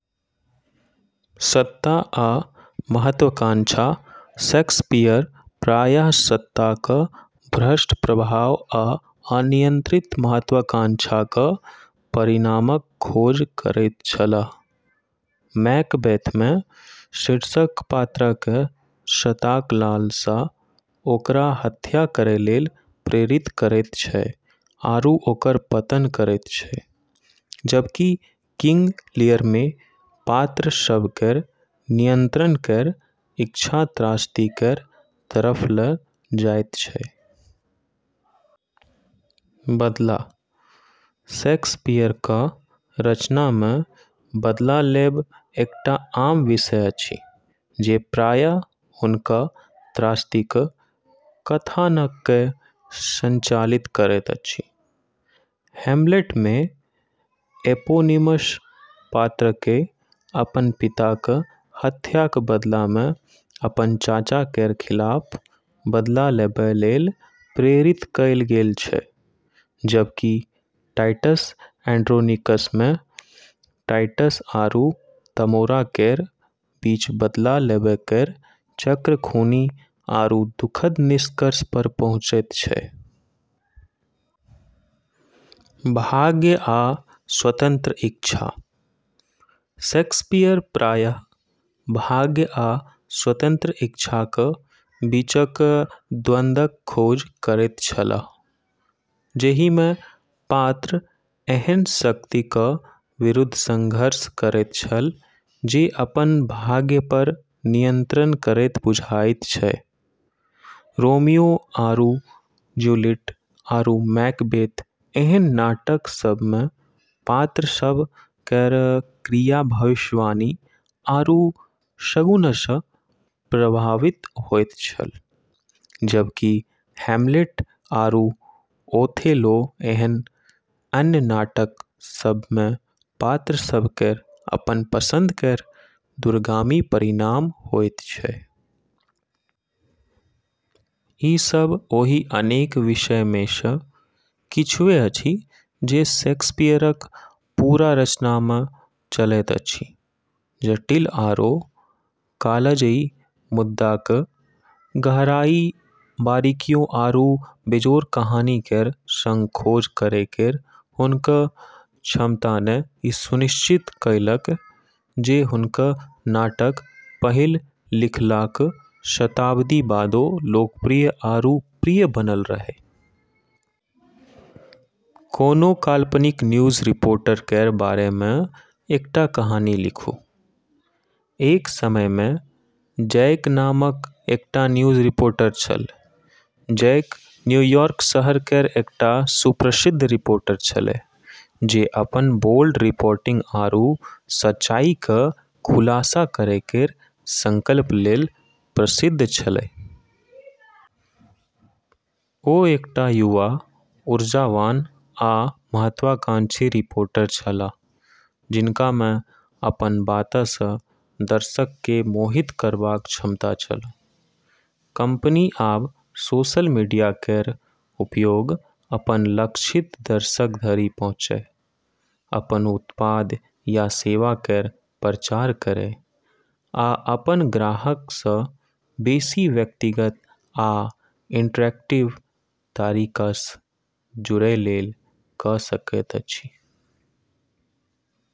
सत्ता आ महत्वाकांक्षा: शेक्सपियर प्रायः सत्ताक भ्रष्ट प्रभाव आ अनियंत्रित महत्वाकांक्षाक परिणामक खोज करैत छलाह। मैकबेथमे शीर्षक पात्रकेँ सत्ताक लालसा ओकरा हत्या करै लेल प्रेरित करैत छै आरू ओकर पतन करैत छै, जबकि किंग लीयरमे पात्र सभ केर नियंत्रण केर इच्छा त्रासदी केर तरफ लऽ जाइत छै। बदला: शेक्सपियरक रचनामे बदला लेब एकटा आम विषय अछि, जे प्रायः हुनक त्रासदीक कथानककेँ संचालित करैत अछि। हैमलेटमे एपोनिमस पात्रकेँ अपन पिताक हत्याक बदलामे अपन चाचा केर खिलाफ बदला लेबै लेल प्रेरित कएल गेल छै, जबकि टाइटस एंड्रोनिकसमे टाइटस आरू तमोरा केर बीच बदला लेबै केर चक्र खूनी आरू दुखद निष्कर्षपर पहुँचैत छै। भाग्य आ स्वतन्त्र इच्छा: शेक्सपियर प्रायः भाग्य आ स्वतन्त्र इच्छाक बीचक द्वंद्वक खोज करैत छलाह, जाहिमे पात्र एहन शक्तिक विरुद्ध संघर्ष करैत छल जे अपन भाग्यपर नियंत्रण करैत बुझाइत अछि। रोमियो आरू जूलियट आरू मैकबेथ एहन नाटक सभमे पात्र सभ केर क्रिया भविष्यवाणी आरू शगुनसँ प्रभावित होइत छै, जबकि हैमलेट आरू ओथेलो एहन अन्य नाटक सभमे पात्र सभ केर अपन पसंद केर दूरगामी परिणाम होइत छै। ई सब ओहि अनेक विषयमेसँ किछुए अछि जे शेक्सपियरक पूरा रचनामे चलैत अछि। जटिल आरू कालजयी मुद्दाकेँ गहराई, बारीकियों, आरू बेजोड़ कहानी केर संग खोज करै केर हुनक क्षमताने ई सुनिश्चित कएलकै जे हुनक नाटक पहिल लिखलाक शताब्दी बादो लोकप्रिय आरू प्रिय बनल रहै। कोनो काल्पनिक न्यूज रिपोर्टर केर बारेमे एकटा कहानी लिखू। एक समयमे जैक नामक एकटा न्यूज रिपोर्टर छल। जैक न्यूयॉर्क शहर केर एकटा सुप्रसिद्ध रिपोर्टर छेलै, जे अपन बोल्ड रिपोर्टिंग आरू सच्चाईकेँ खुलासा करै केर संकल्प लेल प्रसिद्ध छेलै। ओ एकटा युवा, ऊर्जावान, आ महत्वाकांक्षी रिपोर्टर छलाह जिनकामे अपन बातसँ दर्शककेँ मोहित करबाक क्षमता छल। कंपनी आब सोशल मीडिया केर उपयोग अपन लक्षित दर्शक धरि पहुँचै, अपन उत्पाद या सेवा केर प्रचार करै, आ अपन ग्राहकसँ बेसी व्यक्तिगत आ इंटरैक्टिव तरीकासँ जुड़ै लेल कऽ सकैत अछि।